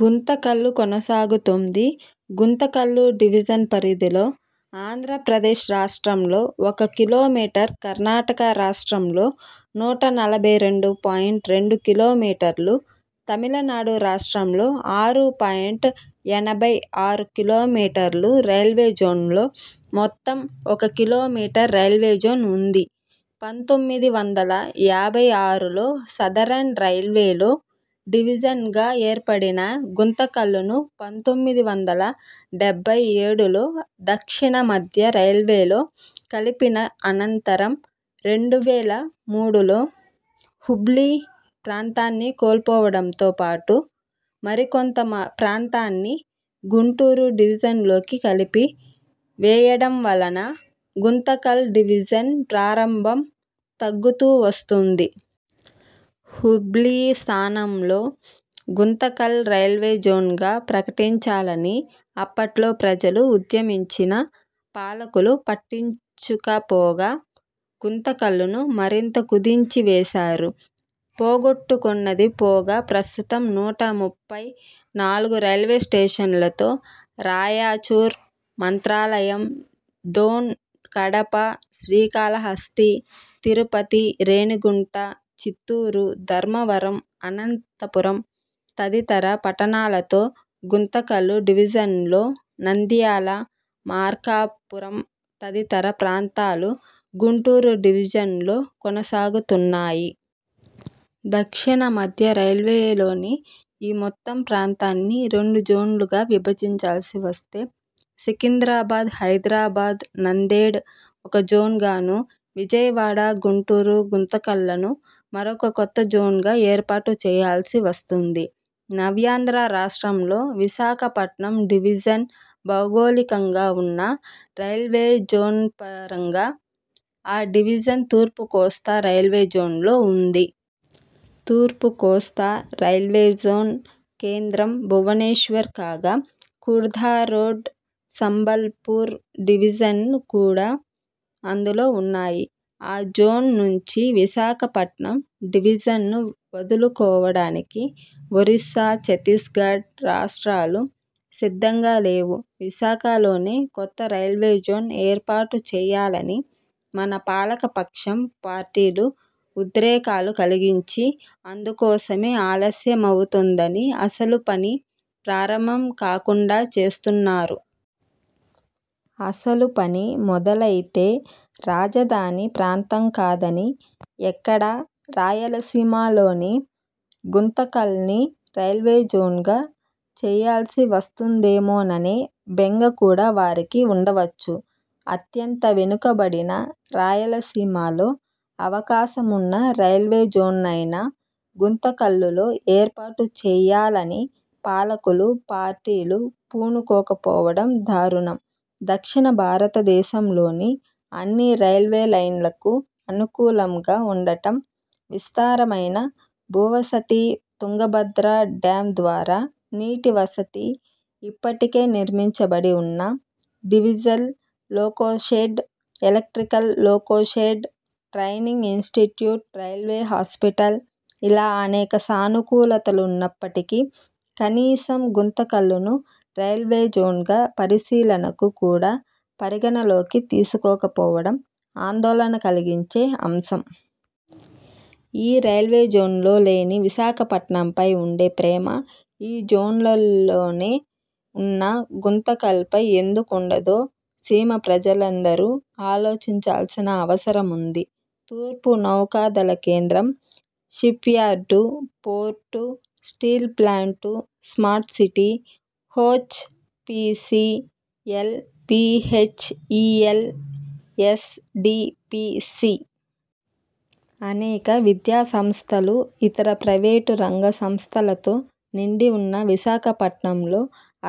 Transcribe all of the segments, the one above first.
గుంతకల్లు కొనసాగుతోంది. గుంతకల్లు డివిజన్ పరిధిలో ఆంధ్ర ప్రదేశ్ రాష్ట్రంలోఒక కీలోమీటర్ కర్ణాటక రాష్ట్రంలో నూట నలభై రెండు పాయింట్ రెండు కిలోమీటర్లు. తమిళనాడు రాష్ట్రంలో ఆరు పాయింట్ ఎనభై ఆరు కిలోమీటర్లు రైల్వేజోన్లో మొత్తం.ఒక కిలోమీటర్. రైల్వేజోన్ ఉంది. పంతొమ్మిది వందల యాభై ఆరులో సదరన్ రైల్వేలో డివిజన్గా ఏర్పడిన గుంతకల్లును పంతొమ్మిది వందల డెబ్బై ఏడులో దక్షిణమధ్య రైల్వేలో కలిపిన అనంతరం రెండు వేల మూడులో హుబ్లీ ప్రాంతాన్ని కోల్పోవడంతోపాటు, మరికొంత ప్రాంతాన్ని గుంటూరు డివిజన్లోకి కలిపి వేయటంవలన గుంతకల్ డివిజన్ ప్రాభవం తగ్గుతూ వస్తోంది. 'హుబ్లీ' స్థానంలో గుంతకల్ రైల్వేజోన్గా ప్రకటించాలని అప్పట్లో ప్రజలు ఉద్యమించినా పాలకులు పట్టించుకపోగా గుంత కల్లును మరింత కుదించివేశారు. పొగొట్టుకొన్నది పోగా ప్రస్తుతం నూట ముప్పై నాలుగు రైల్వేస్టేషన్లతో, రాయచూర్, మంత్రాలయం, డోన్, కడప, శ్రీకాళహస్తి, తిరుపతి, రేణిగుంట, చిత్తూరు, ధర్మవరం, అనంతపురం తదితర పట్టణాలతో గుంతకల్లు డివిజన్లో నంద్యాల, మార్కాపురం తదితర ప్రాంతాలు గుంటూరు డివిజన్లో కొనసాగుతున్నాయి. దక్షిణమధ్య రైల్వేలోని ఈ మొత్తం ప్రాంతాన్ని రెండు జోన్లుగా విభజించాల్సి వస్తే సికింద్రాబాద్, హైదరాబాద్, నాందేడ్ ఒక జోన్ గాను, విజయవాడ, గుంటూరు, గుంతకల్లను మరొక కొత్తజోన్గా ఏర్పాటు చేయాల్సి వస్తుంది. నవ్యాంధ్ర రాష్ట్రంలో విశాఖప్నటం డివిజన్ భౌగోళికంగా ఉన్నా, రైల్వేజోన్పరంగా ఆ డివిజన్ తూర్పుకోస్తా రైల్వేజోన్లో ఉంది. తూర్పుకోస్తా రైల్వేజోన్ కేంద్రం భువనేశ్వర్ కాగా కుర్ధారోడ్, సంబల్ పూర్ డివిజన్లు కూడా అందులో ఉన్నాయి. ఆ జోన్ నుంచి విశాఖపట్నం డివిజన్ను వదులు కోవడానికి ఒరిస్సా, చత్తీస్ఘడ్ రాష్ట్రాలు సిద్ధంగా లేవు. విశాఖలోనే కొత్త రైల్వేజోన్ ఏర్పాటు చేయాలని మన పాలకపక్షం, పార్టీలు ఉద్రేకాలు కలిగించి, అందుకోసమే ఆలస్యమవు తోందని అసలు పని ప్రారంభం కాకుండా చేస్తున్నారు. అసలు పని మొదలైతే రాజధాని ప్రాంతంకాదని ఎక్కడ రాయలసీమలోని గుంతకల్ను రైల్వేజోన్గా చేయాల్సి వస్తుందేమోననే బెంగ కూడా వారికి ఉండవచ్చు అత్యంత వెనుకబడిన రాయలసీమలో అవకాశమున్న రైల్వే జోన్నైనా గుంతకల్లులో ఏర్పాటు చేయాలని పాలకులు, పార్టీలు పూనుకోక పోవడం దారుణం. దక్షిణ భారతదేశంలోని అన్ని రైల్వేలైన్లకు అనుకూలంగా ఉండటం, విస్తారమైన భూవసతి, తుంగభద్ర డ్యాం ద్వారా నీటివసతి, ఇప్పటికే నిర్మించబడి ఉన్న diesel loco shed, electrical loco shed, training institute, railway hospital ఇలా అనేక సానుకూలతలున్న ప్పటికీ, కనీసం గుంతకల్లును రైల్వేజోన్గా పరిశీలనకు కూడా పరిగణలోకి తీసుకోకపోవడం ఆందోళన కలిగించే అంశం. ఈ రైల్వే జోన్లో లేని విశాఖపట్నంపై ఉండే ప్రేమ ఈ జోన్లోనే ఉన్న గుంతకల్పై ఎందుకుండదో సీమ ప్రజలందరూ ఆలోచించాల్సిన అవసరముంది. తూర్పు నౌకాదళ కేంద్రం, shipyard, port, steel plant, smart city, H. P. C. L, BHEL, S. D. P. C. అనేక విద్యాసంస్థలు, ఇతర ప్రైవేటు రంగ సంస్థలతో నిండి ఉన్న విశాఖ పట్నంలో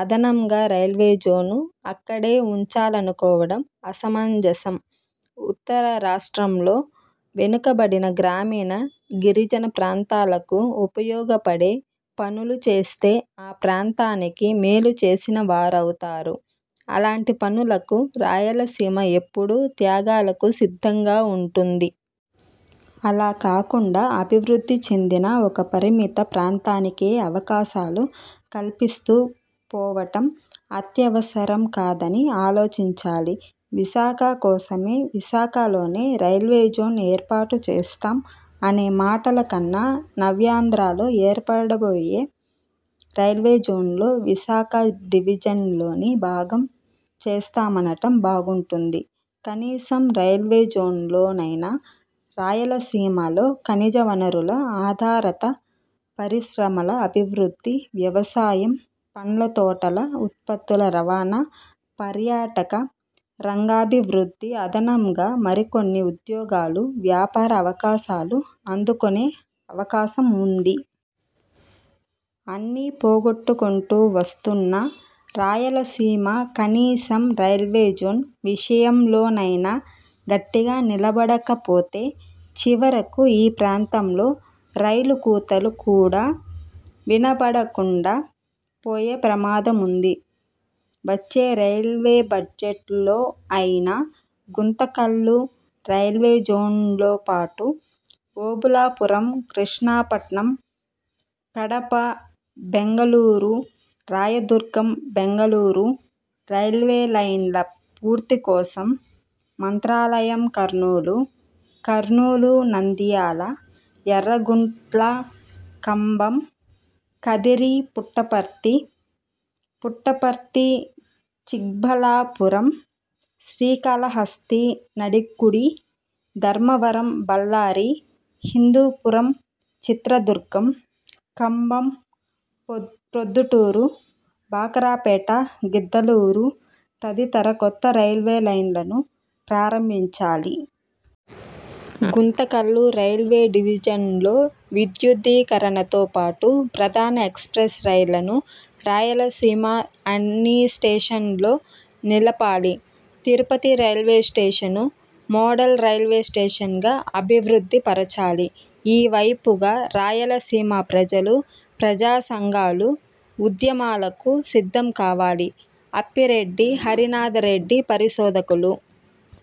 అదనంగా రైల్వేజోన్ను అక్కడే ఉంచాలనుకోవటం అసమంజసం. ఉత్తరాంధ్రలో వెనుకబడిన గ్రామీణ, గిరిజన ప్రాంతాలకు ఉపయోగపడే పనులుచేస్తే ఆ ప్రాంతానికి మేలుచేసిన వారవు తారు. అలాంటి పనులకు రాయలసీమ ఎప్పుడు త్యాగాలకు సిద్ధంగా ఉంటుంది. అలా కాకుండా అభివృద్ధి చెందిన ఒక పరిమిత ప్రాంతానికే అవకాశాలు కల్పిస్తూ పోవటం అత్యవసరం కాదని ఆలోచించాలి. విశాఖ కోసమే, విశాఖలోనే రైల్వేజోన్ ఏర్పాటు చేస్తాం అనే మాటల కన్నా నవ్యాంధ్రలో ఏర్పడబోయే రైల్వేజోన్లో విశాఖ డివిజన్లోని భాగం చేస్తామనటం బాగుంటుంది. కనీసం రైల్వేజోన్లోనైనా రాయలసీమలో ఖనిజ వనరుల ఆధారత పరిశ్రమల అభివృద్ధి, వ్యవసాయం, పండ్లతోటల ఉత్పత్తుల రవాణా, పర్యాటక రంగాభివృద్ధి, అదనంగా మరికొన్ని ఉద్యోగాలు, వ్యాపార అవకాశాలు అందుకొనే అవకాశంఉంది. అన్నీ పోగొట్టుకొంటూ వస్తున్న రాయలసీమ కనీసం రైల్వేజోన్ విషయంలోనైనా గట్టిగా నిలబడకపోతే చివరకు ఈ ప్రాంతంలో రైలుకూతలు కూడా వినబడకుండా పోయే ప్రమాదముంది. వచ్చే రైల్వేబడ్జెట్లో అయినా గుంతకల్లు రైల్వేజోన్లోపాటు, ఓబుళాపురం- కృష్ణపట్నం, కడప- బెంగళూరు, రాయదుర్గం-బెంగళూరు, రైల్వేలైన్ల పూర్తి కోసం, మంత్రాలయంకర్నూలు, కర్నూలు–-నంద్యాల, ఎర్రగుంట్ల-–కంభం, కదిరి-–పుట్టపర్తి, పుట్టపర్తి–-చిక్బళ్ళాపురం, శ్రీకాళహస్తి –నడికుడి, ధర్మవరం–-బళ్ళారి, హిందూపురం-– చిత్రదుర్గం, కంబం- –ప్రొద్దుటూరు, బాకరాపేట-–గిద్దలూరు తదితర కొత్త రైల్వేలైన్లను ప్రారంభించాలి. గుంతకల్లు రైల్వే డివిజన్లో విద్యుదీకరణతో పాటు, ప్రధాన ఎక్స్ప్రెస్ రైళ్ళను రాయలసీమ అన్ని స్టేషన్లలో నిలపాలి. తిరుపతి రైల్వేస్టేషన్ను మోడల్ రైల్వే స్టేషన్గా అభివృద్ధి పరచాలి. ఈ వైపుగా రాయలసీమ ప్రజలు, ప్రజా సంఘాలు ఉద్యమాలకు సిద్ధం కావాలి. అప్పిరెడ్డి హరినాథరెడ్డిపరిశోధకులు